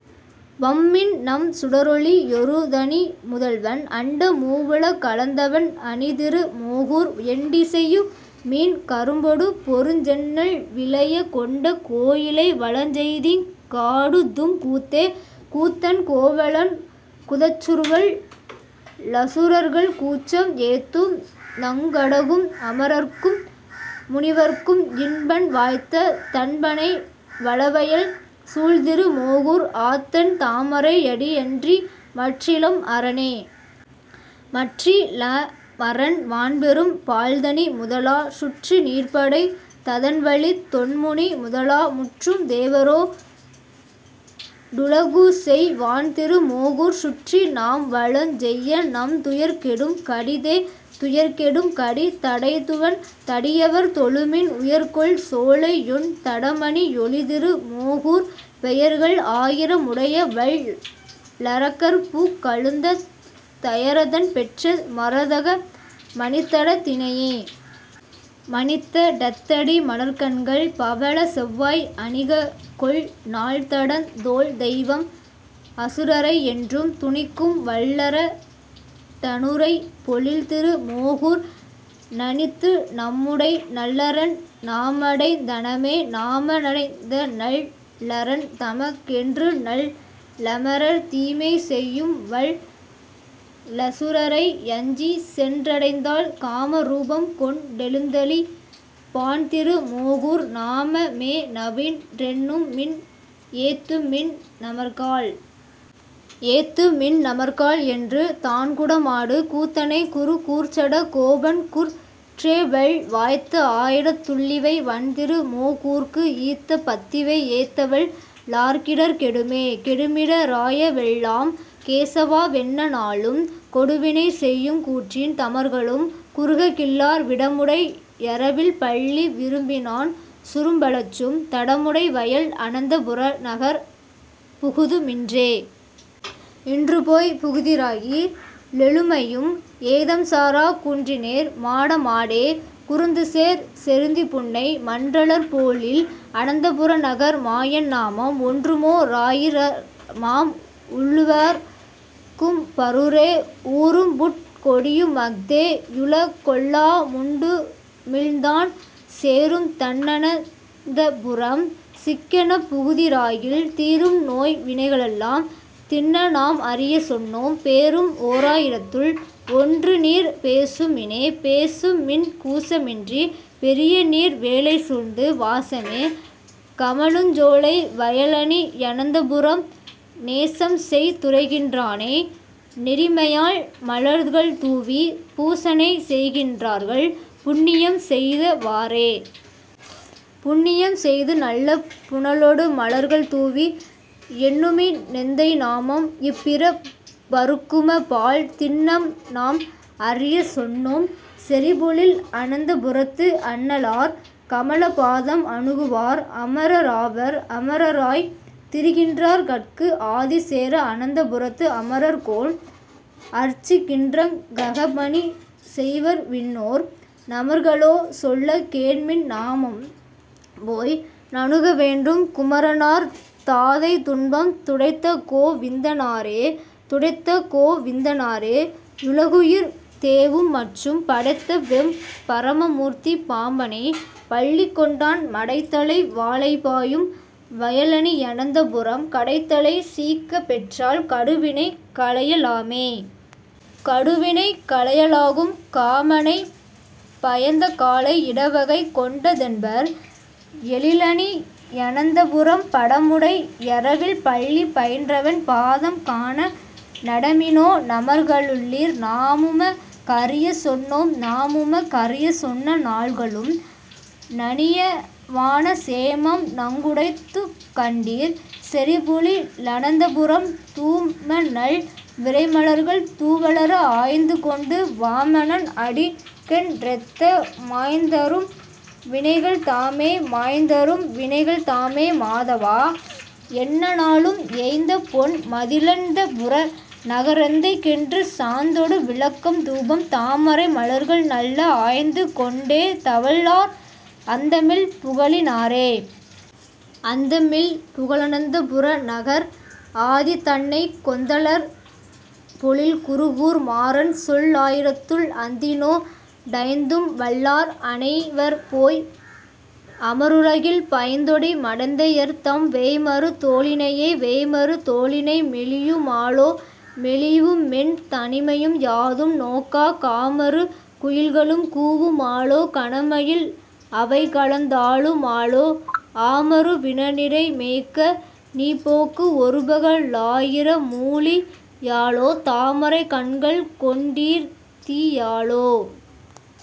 வம்மின்நம் சுடரொளி யொருதனி முதல்வன்। அண்ட மூவுல களந்தவன் அணிதிரு மோகூர் எண்டி சையுமீன் கரும்பொடு பொருஞ்செந்நெல் விளைய கொண்ட கோயிலை வலஞ்செய்திங் காடுதும் கூத்தே.. கூத்தன் கோவலன் குதற்றுவல் லசுரர்கள் கூற்றம் ஏத்தும் நங்கடகும் அமரர்க்கும் முனிவர்க்கும் இன்பன் வாய்த்த தண்பணை வளவயல் சூழ்திரு மோகூர் ஆத்தன் தாமரை யடியன்றி மற்றிலம் அரணே.. மற்றி லமரண் வான்பெரும் பாழ்தனி முதலா சுற்று நீர்படைத் ததன்வழித் தொன்முனி முதலா முற்றும் தேவரோ டுலகுசெய் வான்திரு மோகூர் சுற்றி நாம்வலஞ் செய்யநம் துயர்கெடும் கடிதெ.. துயர்கெ டும்கடி தடைந்துவன் தடியவர் தொழுமின் உயர்கொள் சோலையொண் தடமணி யொளிதிரு மோகூர் பெயர்கள் ஆயிர முடையவல் லரக்கர்புக் கழுந்த தயரதன் பெற்ற மரதக மணித்தடத் தினையே.. மணித்த டத்தடி மலர்க்கண்கள் பவளச் செவ்வாய் அணிககொள் நால்தடந் தோள்தெய்வம் அசுரரை யென்றும் துணிக்கும் வல்லரட் டனுறை பொழில்திரு மோகூர் நணித்து நம்முடை நல்லரண் நாமடைந் தனமே.. நாம டைந்தநல் லரண்தமக் கென்றுநல் லமரர் தீமை செய்யும்வல் லசுரரை யஞ்சிச்சென் றடைந்தால் காம ரூபம்கொண் டெழுந்தளிப் பான்திரு மோகூர் நாம மேநவின் றெண்ணுமின் ஏத்துமின் நமர்காள்.. ஏத்து மின்நமர் காள் என்று தான்குட மாடு கூத்தனை குரு கூர்ச்சட கோபன்குற் றேவல் வாய்த்த ஆயிரத் துள்ளிவை வண்திரு மோகூர்க்கு ஈத்த பத்திவை யேத்தவல் லார்க்கிடர் கெடுமே. கெடுமிட ராயவெல்லாம் கேசவா வென்ன நாளும் கொடுவினை செய்யும்கூற்றின் தமர்களும் குறுககில்லார் விடமுடை யரவில்பள்ளி விரும்பினான் சுரும்பலற்றும் தடமுடை வயல் அனந்தபுரநகர்ப் புகுதுமின்றே.. இன்றுபோய்ப் புகுதிராகி லெழுமையும் ஏதம்சார குன்றுனேர் மாடமாடே குருந்துசேர் செருந்திபுன்னை மன்றலர் போழில் அனந்தபுரநகர் மாயன்நாமம் ஒன்றுமோ ராயிரமாம் உள்ளுவார்க் கும்பரூரே.. ஊரும்புட் கொடியுமஃதே யுலகொல்லாமுண்டுமிழ்ந்தான் சேரும்தண் ணனந்தபுரம் சிக்கெனப் புகுதிராகில் தீரும்நோய்வினைகளெல்லாம் திண்ணநாம் அறியச்சொன்னோம் பேரும் ஓராயிரத்துள் ஒன்றுநீர் பேசுமினே.. பேசுமின் கூசமின்றிப் பெரியநீர் வேலைசூழ்ந்து வாசமே கமழுஞ்சோலை வயலணி யனந்தபுரம் நேசம்செய் துறைகின்றானை நெறிமையால் மலர்கள்தூவி பூசனை செய்கின்றார்கள் புண்ணியம் செய்தவாறே.. புண்ணியம் செய்துநல்ல புனலொடு மலர்கள்தூவி எண்ணுமி னெந்தைநாமம் இப்பிறப் பறுக்குமப்பால் திண்ணம்நாம் அறியச்சொன்னோம் செறிபொழில் அனந்தபுரத்து அண்ணலார் கமலபாதம் அணுகுவார் அமரராவார்.. அமரராய்த் திரிகின்றார்கட்கு ஆதிசேர அனந்தபுரத்து அமரர்கோன் அர்ச்சிக்கின்றங் ககப்பணி செய்வர்விண்ணோர் நமர்களோ. சொல்லக்கேண்மின் நாமும்போய் நணுகவேண்டும் குமரனார் தாதைதுன்பம் துடைத்தகோ விந்தனாரே.. துடைத்தகோ விந்தனாரே யுலகுயிர் தேவும்மற்றும் படைத்தவெம் பரமமூர்த்தி பாம்பணைப் பள்ளிகொண்டான் மடைத்தலை வாளைபாயும் வயலணியனந்தபுரம் கடைத்தலை சீய்க்கப்பெற்றால் கடுவினை களையலாமே.. கடுவினை களையலாகும் காமனைப் பயந்தகாளை இடவகை கொண்டதென்பர் எழிலணியனந்தபுரம் படமுடை யரவில்பள்ளி பயின்றவன் பாதம்காண நடமினோ நமர்களுள்ளீர். நாமுமக் கறியச்சொன்னோம்.. நாமுமக் கறியச்சொன்ன நாள்களும் நணியவான சேமம் நங்குடைத்துக்கண்டீர் செறிபொழிலனந்தபுரம் தூமநல் விரைமலர்கள் துவளற ஆய்ந்துகொண்டு வாமனன் அடிக்கென்றெத்த மாய்ந்தறும் வினைகள்தாமே.. மாய்ந்தறும் வினைகள்தாமே மாதவா என்ன நாளும் ஏய்ந்தபொன் மதிளனந்தபுர நகரெந்தைக்கென்று சாந்தொடு விளக்கம்தூபம் தாமரை மலர்கள்நல்ல ஆய்ந்துகொண் டேத்தவல்லார் அந்தமில் புகழினாரே.. அந்தமில் புகழனந்தபுர நகர் ஆதிதன்னை கொந்தலர் பொழில்குருகூர் மாறன் சொல் லாயிரத்துள் ஐந்தினோ டைந்தும்வல்லார் அணைவர்போய் அமருலகில் பைந்தொடி மடந்தையர்தம் வேய்மரு தோளிணையே. வேய்மரு தோளிணை மெலியு மாலோ. மெலிவுமென் தனிமையும் யாதும் நோக்கா காமரு குயில்களும் கூவு மாலோ. கணமயில் அவைகலந்தாலு மாலோ ஆமரு வினநிரை மேய்க்க நீபோக்கு ஒருபக லாயிர மூழி யாலோ தாமரைக் கண்கள்கொண் டீர்தி யாலோ.